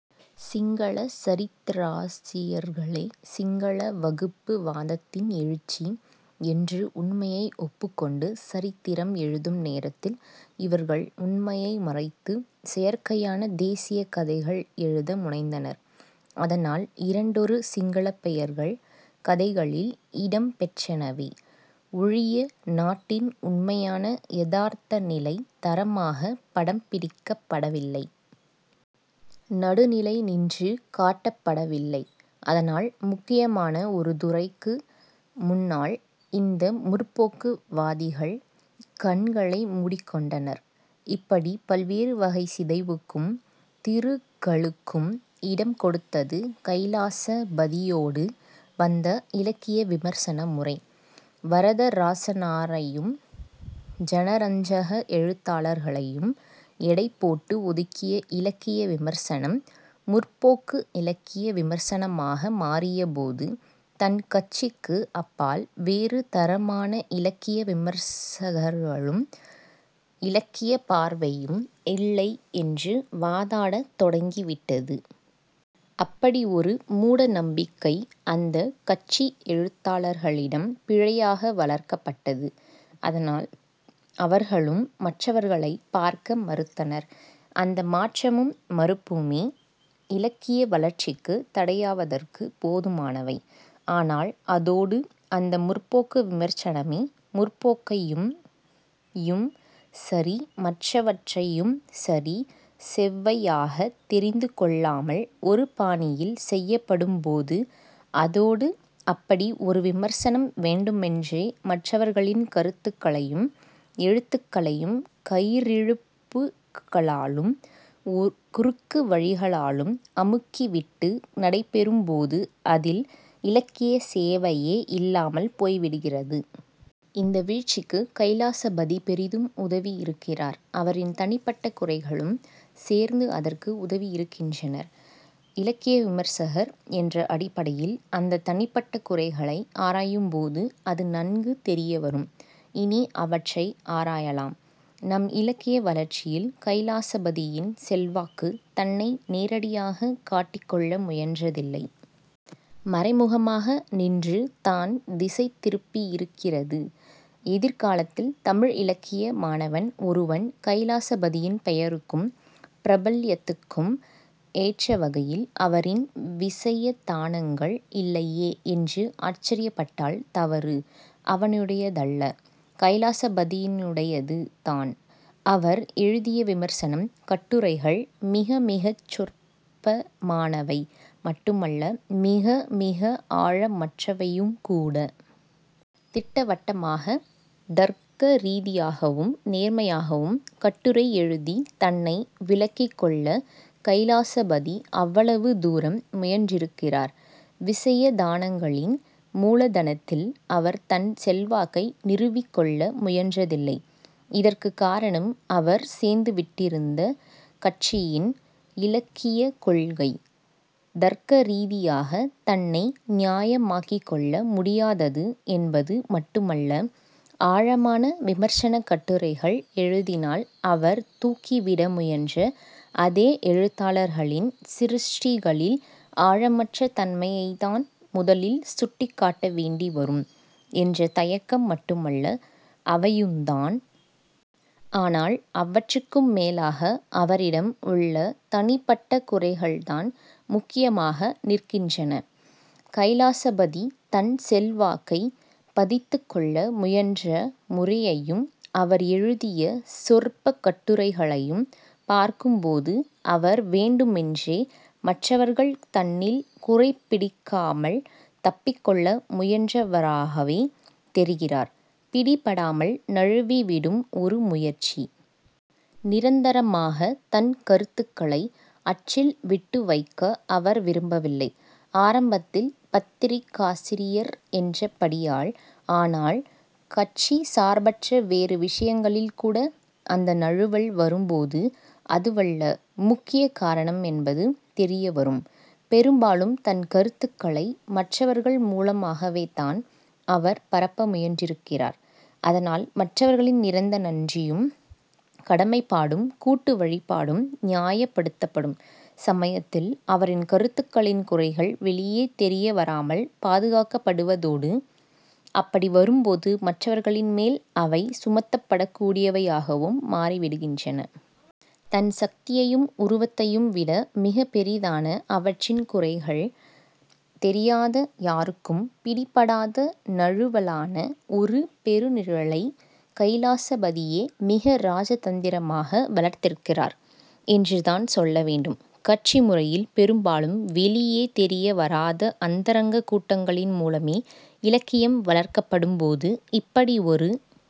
சிங்களச் சரித்திராசியர்களே 'சிங்கள வகுப்புவாதத்தின் எழுச்சி' என்று உண்மையை ஒப்புக்கொண்டு சரித்திரம் எழுதும் நேரத்தில் இவர்கள் உண்மையை மறைத்து, செயற்கையான 'தேசியக்' கதைகள் எழுத முனைந்தனர். அதனால் இரண்டொரு சிங்களப் பெயர்கள் கதைகளில் இடம் பெற்றனவே ஒழிய நாட்டின் உண்மையான யதார்த்த நிலை தரமாகப் படம் பிடிக்கப்படவில்லை. நடுநிலை நின்று காட்டப்படவில்லை. அதனால் முக்கியமான ஒரு துறைக்கு முன்னால் இந்த 'முற்போக்கு' வாதிகள் கண்களை மூடிக்கொண்டனர். இப்படிப் பல்வேறு வகை சிதைவுக்கும் திருகலுக்கும் இடம் கொடுத்தது கைலாசபதியோடு வந்த இலக்கிய விமர்சன முறை. வரதராசனாரையும் ஜனரஞ்சக எழுத்தாளர்களையும் எடைபோட்டு ஒதுக்கிய இலக்கிய விமர்சனம் 'முற்போக்கு' இலக்கிய விமர்சனமாக மாறியபோது தன் கட்சிக்கு அப்பால் வேறு தரமான இலக்கிய விமர்சகர்களும் இலக்கியப் பார்வையும் இல்லை என்று வாதாடத் தொடங்கிவிட்டது. அப்படி ஒரு மூட நம்பிக்கை அந்தக் கட்சி எழுத்தாளர்களிடம் பிழையாக வளர்க்கப்பட்டது. அதனால் அவர்களும் மற்றவர்களைப் பார்க்க மறுத்தனர். அந்த மாற்றமும் மறுப்புமே இலக்கிய வளர்ச்சிக்குத் தடையாவதற்குப் போதுமானவை. ஆனால் அதோடு அந்த 'முற்போக்கு' விமர்சனமே, 'முற்போக்கையும்'யும் சரி, மற்றவற்றையும் சரி செவ்வையாகத் தெரிந்துகொள்ளாமல் ஒரு பாணியில் செய்யப்படும்போது, அதோடு அப்படி ஒரு விமர்சனம் வேண்டுமென்றே மற்றவர்களின் கருத்துகளையும் எழுத்துகளையும் கயிறிழுப்புகளாலும் குறுக்கு வழிகளாலும் அமுக்கிவிட்டு நடைபெறும்போது அதில் இலக்கியச் சேவையே இல்லாமல் போய்விடுகிறது. இந்த வீழ்ச்சிக்குக் கைலாசபதி பெரிதும் உதவியிருக்கிறார். அவரின் தனிப்பட்ட குறைகளும் சேர்ந்து அதற்கு உதவியிருக்கின்றன. இலக்கிய விமர்சகர் என்ற அடிப்படையில் அந்தத் தனிப்பட்ட குறைகளை ஆராயும்போது அது நன்கு தெரியவரும். இனி அவற்றை ஆராயலாம். நம் இலக்கிய வளர்ச்சியில் கைலாசபதியின் செல்வாக்கு தன்னை நேரடியாகக் காட்டிக்கொள்ள முயன்றதில்லை. மறைமுகமாக நின்றுதான் திசை திருப்பியிருக்கிறது. எதிர் காலத்தில் தமிழ் இலக்கிய மாணவன் ஒருவன் கைலாசபதியின் பெயருக்கும் பிரபல்யத்துக்கும் ஏற்ற வகையில் அவரின் விசயதானங்கள் இல்லையே என்று ஆச்சரியப்பட்டால் தவறு அவனுடையதல்ல, கைலாசபதியினுடையதுதான். அவர் எழுதிய விமர்சனம், கட்டுரைகள் மிக மிகச் சொற்பமானவை மட்டுமல்ல, மிக மிக ஆழமற்றவையுங்கூட. திட்டவட்டமாகத் தர்க்கரீதியாகவும் நேர்மையாகவும் கட்டுரை எழுதித் தன்னை விளக்கிக்கொள்ள கைலாசபதி அவ்வளவு தூரம் முயன்றிருக்கிறார். விசயதானங்களின் மூலதனத்தில் அவர் தன் செல்வாக்கை நிறுவிக்கொள்ள முயன்றதில்லை. இதற்குக் காரணம் அவர் சேர்ந்துவிட்டிருந்த கட்சியின் இலக்கியக்கொள்கை தர்க்க ரீதியாகத் தன்னை நியாயமாக்கிக்கொள்ள முடியாதது என்பது மட்டுமல்ல, ஆழமான விமர்சனக் கட்டுரைகள் எழுதினால் அவர் தூக்கிவிட முயன்ற அதே எழுத்தாளர்களின் சிருஷ்டிகளில் ஆழமற்ற தன்மையைத்தான் முதலில் சுட்டிக் காட்ட வேண்டி வரும் என்ற தயக்கம் மட்டுமல்ல, அவையுந்தான். ஆனால் அவற்றுக்கும் மேலாக அவரிடம் உள்ள தனிப்பட்ட குறைகள்தான் முக்கியமாக நிற்கின்றன. கைலாசபதி தன் செல்வாக்கைப் பதித்துக் கொள்ள முயன்ற முறையையும் அவர் எழுதிய சொற்பக் கட்டுரைகளையும் பார்க்கும்போது அவர் வேண்டுமென்றே மற்றவர்கள் தன்னில் குறைபிடிக்காமல் தப்பிக்கொள்ள முயன்றவராகவே தெரிகிறார். பிடிபடாமல் நழுவிவிடும் ஒரு முயற்சி. நிரந்தரமாகத் தன் கருத்துக்களை அச்சில் விட்டுவைக்க அவர் விரும்பவில்லை, ஆரம்பத்தில் பத்திரிகாசிரியர் என்றபடியால். ஆனால் கட்சி சார்பற்ற வேறு விஷயங்களில்கூட அந்த நழுவல் வரும்போது அதுவல்ல முக்கிய காரணம் என்பது தெரியவரும். பெரும்பாலும் தன் கருத்துகளை மற்றவர்கள் மூலமாகவேதான் அவர் பரப்ப முயன்றிருக்கிறார். அதனால் மற்றவர்களின் நிரந்தர நன்றியும் கடமைப்பாடும் கூட்டு வழிபாடும் நியாயப்படுத்தப்படும் சமயத்தில் அவரின் கருத்துகளின் குறைகள் வெளியே தெரியவராமல் பாதுகாக்கப்படுவதோடு, அப்படி வரும்போது மற்றவர்களின்மேல் அவை சுமத்தப்படக் கூடியவையாகவும் மாறிவிடுகின்றன. தன் சக்தியையும் உருவத்தையும் விட மிகப் பெரிதான, அவற்றின் குறைகள் தெரியாத, யாருக்கும் பிடிபடாத நழுவலான ஒரு பெருநிழலை கைலாசபதியே மிக ராஜதந்திரமாக வளர்த்திருக்கிறார் என்றுதான் சொல்லவேண்டும். கட்சி முறையில் பெரும்பாலும் வெளியே தெரிய வராத அந்தரங்கக் கூட்டங்களின் மூலமே இலக்கியம் வளர்க்கப்படும்போது இப்படி ஒரு